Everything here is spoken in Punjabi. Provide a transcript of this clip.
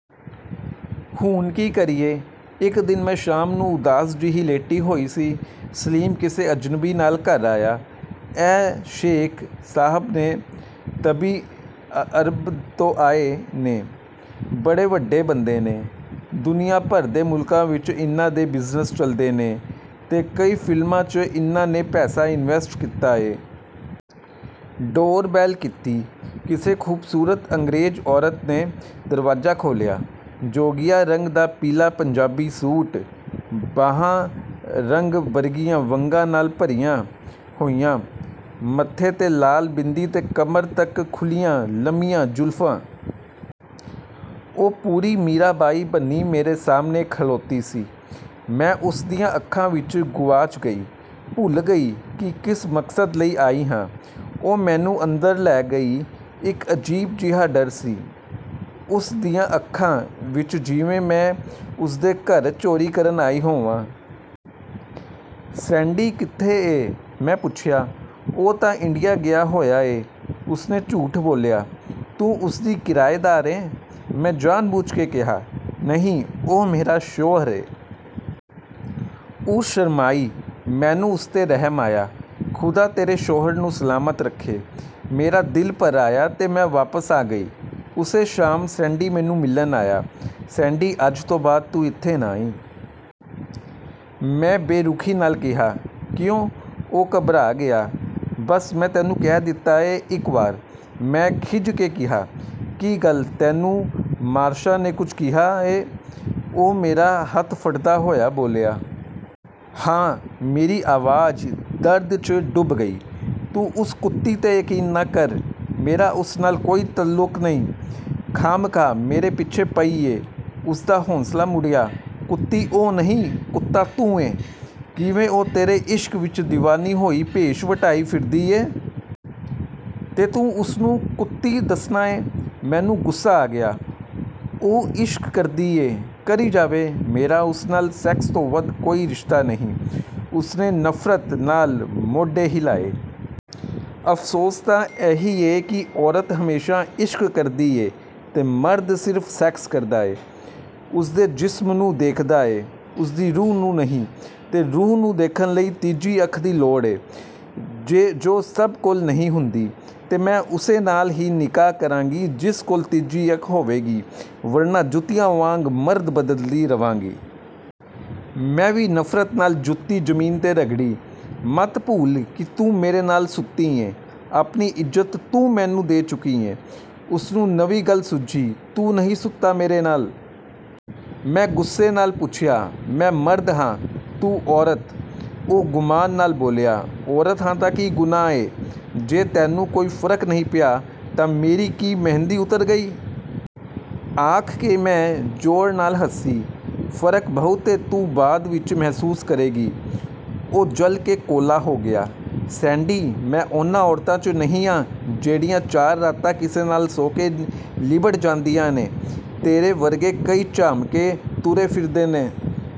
ਹੁਣ ਕੀ ਕਰੀਏ? ਇੱਕ ਦਿਨ ਮੈਂ ਸ਼ਾਮ ਨੂੰ ਉਦਾਸ ਜਿਹੀ ਲੇਟੀ ਹੋਈ ਸੀ, ਸਲੀਮ ਕਿਸੇ ਅਜਨਬੀ ਨਾਲ ਘਰ ਆਇਆ। "ਇਹ ਸ਼ੇਖ ਸਾਹਬ ਨੇ ਤਬੀ। ਅਰਬ ਤੋਂ ਆਏ ਨੇ। ਬੜੇ ਵੱਡੇ ਬੰਦੇ ਨੇ। ਦੁਨੀਆਂ ਭਰ ਦੇ ਮੁਲਕਾਂ ਵਿਚ ਇਨ੍ਹਾਂ ਦੇ ਬਿਜ਼ਨਸ ਚੱਲਦੇ ਨੇ ਤੇ ਕਈ ਫ਼ਿਲਮਾਂ 'ਚ ਇਨ੍ਹਾਂ ਨੇ ਪੈਸਾ ਇਨਵੈਸਟ ਕੀਤਾ ਏ। ਡੋਰ ਬੈੱਲ ਕੀਤੀ। ਕਿਸੇ ਖੂਬਸੂਰਤ ਅੰਗਰੇਜ਼ ਔਰਤ ਨੇ ਦਰਵਾਜ਼ਾ ਖੋਲ੍ਹਿਆ। ਜੋਗੀਆ ਰੰਗ ਦਾ ਪੀਲਾ ਪੰਜਾਬੀ ਸੂਟ, ਬਾਹਾਂ ਰੰਗ ਬਰੰਗੀਆਂ ਵੰਗਾਂ ਨਾਲ ਭਰੀਆਂ ਹੋਈਆਂ, ਮੱਥੇ 'ਤੇ ਲਾਲ ਬਿੰਦੀ ਤੇ ਕਮਰ ਤੱਕ ਖੁੱਲ੍ਹੀਆਂ ਲੰਮੀਆਂ ਜ਼ੁਲਫਾਂ। ਉਹ ਪੂਰੀ 'ਮੀਰਾ ਬਾਈ' ਬਣੀ ਮੇਰੇ ਸਾਹਮਣੇ ਖਲੋਤੀ ਸੀ। ਮੈਂ ਉਸ ਦੀਆਂ ਅੱਖਾਂ ਵਿਚ ਗੁਆਚ ਗਈ। ਭੁੱਲ ਗਈ ਕਿ ਕਿਸ ਮਕਸਦ ਲਈ ਆਈ ਹਾਂ। ਉਹ ਮੈਨੂੰ ਅੰਦਰ ਲੈ ਗਈ। ਇੱਕ ਅਜੀਬ ਜਿਹਾ ਡਰ ਸੀ ਉਸ ਦੀਆਂ ਅੱਖਾਂ ਵਿਚ ਜਿਵੇਂ ਮੈਂ ਉਸ ਦੇ ਘਰ ਚੋਰੀ ਕਰਨ ਆਈ ਹੋਵਾਂ। "ਸੈਂਡੀ ਕਿਥੇ ਏ? " ਮੈਂ ਪੁੱਛਿਆ। "ਉਹ ਤਾਂ ਇੰਡੀਆ ਗਿਆ ਹੋਇਆ ਏ। " ਉਸ ਨੇ ਝੂਠ ਬੋਲਿਆ। "ਤੂੰ ਉਸ ਦੀ ਕਿਰਾਏਦਾਰ ਏਂ? " ਮੈਂ ਜਾਣ ਬੁੱਝ ਕੇ ਕਿਹਾ। "ਨਹੀਂ ਉਹ ਮੇਰਾ ਸ਼ੋਹਰ ਏ। " ਉਹ ਸ਼ਰਮਾਈ। ਮੈਨੂੰ ਉਸ 'ਤੇ ਰਹਿਮ ਆਇਆ। "ਖ਼ੁਦਾ ਤੇਰੇ ਸ਼ੋਹਰ ਨੂੰ ਸਲਾਮਤ ਰੱਖੇ! " ਮੇਰਾ ਦਿਲ ਭਰ ਆਇਆ ਤੇ ਮੈਂ ਵਾਪਸ ਆ ਗਈ। ਉਸੇ ਸ਼ਾਮ ਸੈਂਡੀ ਮੈਨੂੰ ਮਿਲਣ ਆਇਆ। "ਸੈਂਡੀ ਅੱਜ ਤੋਂ ਬਾਅਦ ਤੂੰ ਇਥੇ ਨਾ ਆਈਂ। " ਮੈਂ ਬੇਰੁਖੀ ਨਾਲ ਕਿਹਾ। "ਕਿਉਂ? " ਉਹ ਘਬਰਾ ਗਿਆ। "ਬੱਸ, ਮੈਂ ਤੈਨੂੰ ਕਹਿ ਦਿੱਤਾ ਏ ਇੱਕ ਵਾਰ। " ਮੈਂ ਖਿੱਝ ਕੇ ਕਿਹਾ। "ਕੀ ਗੱਲ ਤੈਨੂੰ ਮਾਰਸ਼ਾ ਨੇ ਕੁਝ ਕਿਹਾ ਏ? " ਉਹ ਮੇਰਾ ਹੱਥ ਫੜਦਾ ਹੋਇਆ ਬੋਲਿਆ। "ਹਾਂ…। " ਮੇਰੀ ਆਵਾਜ਼ ਦਰਦ 'ਚ ਡੁੱਬ ਗਈ। ਤੂੰ ਉਸ ਕੁੱਤੀ 'ਤੇ ਯਕੀਨ ਨਾ ਕਰ। ਮੇਰਾ ਉਸ ਨਾਲ ਕੋਈ ਤੁਅੱਲਕ ਨਹੀਂ। ਖਾਹਮਖਾਹ ਮੇਰੇ ਪਿੱਛੇ ਪਈ ਏ। " ਉਸ ਦਾ ਹੌਸਲਾ ਮੁੜਿਆ। "ਕੁੱਤੀ ਉਹ ਨਹੀਂ, ਕੁੱਤਾ ਤੂੰ ਏਂ… ਕਿਵੇਂ ਉਹ ਤੇਰੇ ਇਸ਼ਕ ਵਿਚ ਦੀਵਾਨੀ ਹੋਈ ਭੇਸ ਵਟਾਈ ਫਿਰਦੀ ਏ। ਤੇ ਤੂੰ ਉਸ ਨੂੰ ਕੁੱਤੀ ਦੱਸਨਾ ਏਂ। " ਮੈਨੂੰ ਗੁੱਸਾ ਆ ਗਿਆ। ਉਹ ਇਸ਼ਕ ਕਰਦੀ ਏ, ਕਰੀ ਜਾਵੇ… ਮੇਰਾ ਉਸ ਨਾਲ ਸੈਕਸ ਤੋਂ ਵੱਧ ਕੋਈ ਰਿਸ਼ਤਾ ਨਹੀਂ। " ਉਸ ਨੇ ਨਫਰਤ ਨਾਲ ਮੋਢੇ ਹਿਲਾਏ। "ਅਫਸੋਸ ਤਾਂ ਇਹੀ ਏ ਕਿ ਔਰਤ ਹਮੇਸ਼ਾ ਇਸ਼ਕ ਕਰਦੀ ਏ ਤੇ ਮਰਦ ਸਿਰਫ ਸੈਕਸ ਕਰਦਾ ਏ। ਉਸ ਦੇ ਜਿਸਮ ਨੂੰ ਦੇਖਦਾ ਏ, ਉਸ ਦੀ ਰੂਹ ਨੂੰ ਨਹੀਂ ਤੇ ਰੂਹ ਨੂੰ ਦੇਖਣ ਲਈ ਤੀਜੀ ਅੱਖ ਦੀ ਲੋੜ ਏ, ਜੋ ਸਭ ਕੋਲ ਨਹੀਂ ਹੁੰਦੀ ਤੇ ਮੈਂ ਉਸੇ ਨਾਲ ਹੀ ਨਿਕਾਹ ਕਰਾਂਗੀ ਜਿਸ ਕੋਲ ਤੀਜੀ ਅੱਖ ਹੋਵੇਗੀ ਵਰਨਾ ਜੁੱਤੀਆਂ ਵਾਂਗ ਮਰਦ ਬਦਲਦੀ ਰਹਾਂਗੀ। " ਮੈਂ ਵੀ ਨਫਰਤ ਨਾਲ ਜੁੱਤੀ ਜ਼ਮੀਨ ਤੇ ਰਗੜੀ। "ਮੱਤ ਭੁੱਲ ਕਿ ਤੂੰ ਮੇਰੇ ਨਾਲ ਸੁੱਤੀ ਏਂ… ਆਪਣੀ ਇੱਜ਼ਤ ਤੂੰ ਮੈਨੂੰ ਦੇ ਚੁੱਕੀ ਏਂ। " ਉਸ ਨੂੰ ਨਵੀਂ ਗੱਲ ਸੁੱਝੀ। "ਤੂੰ ਨਹੀਂ ਸੁੱਤਾ ਮੇਰੇ ਨਾਲ? " ਮੈਂ ਗੁੱਸੇ ਨਾਲ ਪੁੱਛਿਆ। "ਮੈਂ ਮਰਦ ਹਾਂ… ਤੂੰ ਔਰਤ। " ਉਹ ਗੁਮਾਨ ਨਾਲ ਬੋਲਿਆ। "ਔਰਤ ਹਾਂ ਤਾਂ ਕੀ ਗੁਨਾਹ ਏ… ਜੇ ਤੈਨੂੰ ਕੋਈ ਫਰਕ ਨਹੀਂ ਪਿਆ ਤਾਂ ਮੇਰੀ ਕੀ ਮਹਿੰਦੀ ਉਤਰ ਗਈ? " ਆਖ ਕੇ ਮੈਂ ਜ਼ੋਰ ਨਾਲ ਹੱਸੀ। "ਫਰਕ ਬਹੁਤ ਏ ਤੂੰ ਬਾਅਦ ਵਿਚ ਮਹਿਸੂਸ ਕਰੇਂਗੀ। " ਉਹ ਜਲ ਕੇ ਕੋਲਾ ਹੋ ਗਿਆ। "ਸੈਂਡੀ, ਮੈਂ ਉਨ੍ਹਾਂ ਔਰਤਾਂ 'ਚੋਂ ਨਹੀਂ ਹਾਂ ਜਿਹੜੀਆਂ ਚਾਰ ਰਾਤਾਂ ਕਿਸੇ ਨਾਲ ਸੌਂ ਕੇ ਲਿੱਬੜ ਜਾਂਦੀਆਂ ਨੇ। ਤੇਰੇ ਵਰਗੇ ਕਈ ਚਾਮਕੇ ਤੁਰੇ ਫਿਰਦੇ ਨੇ।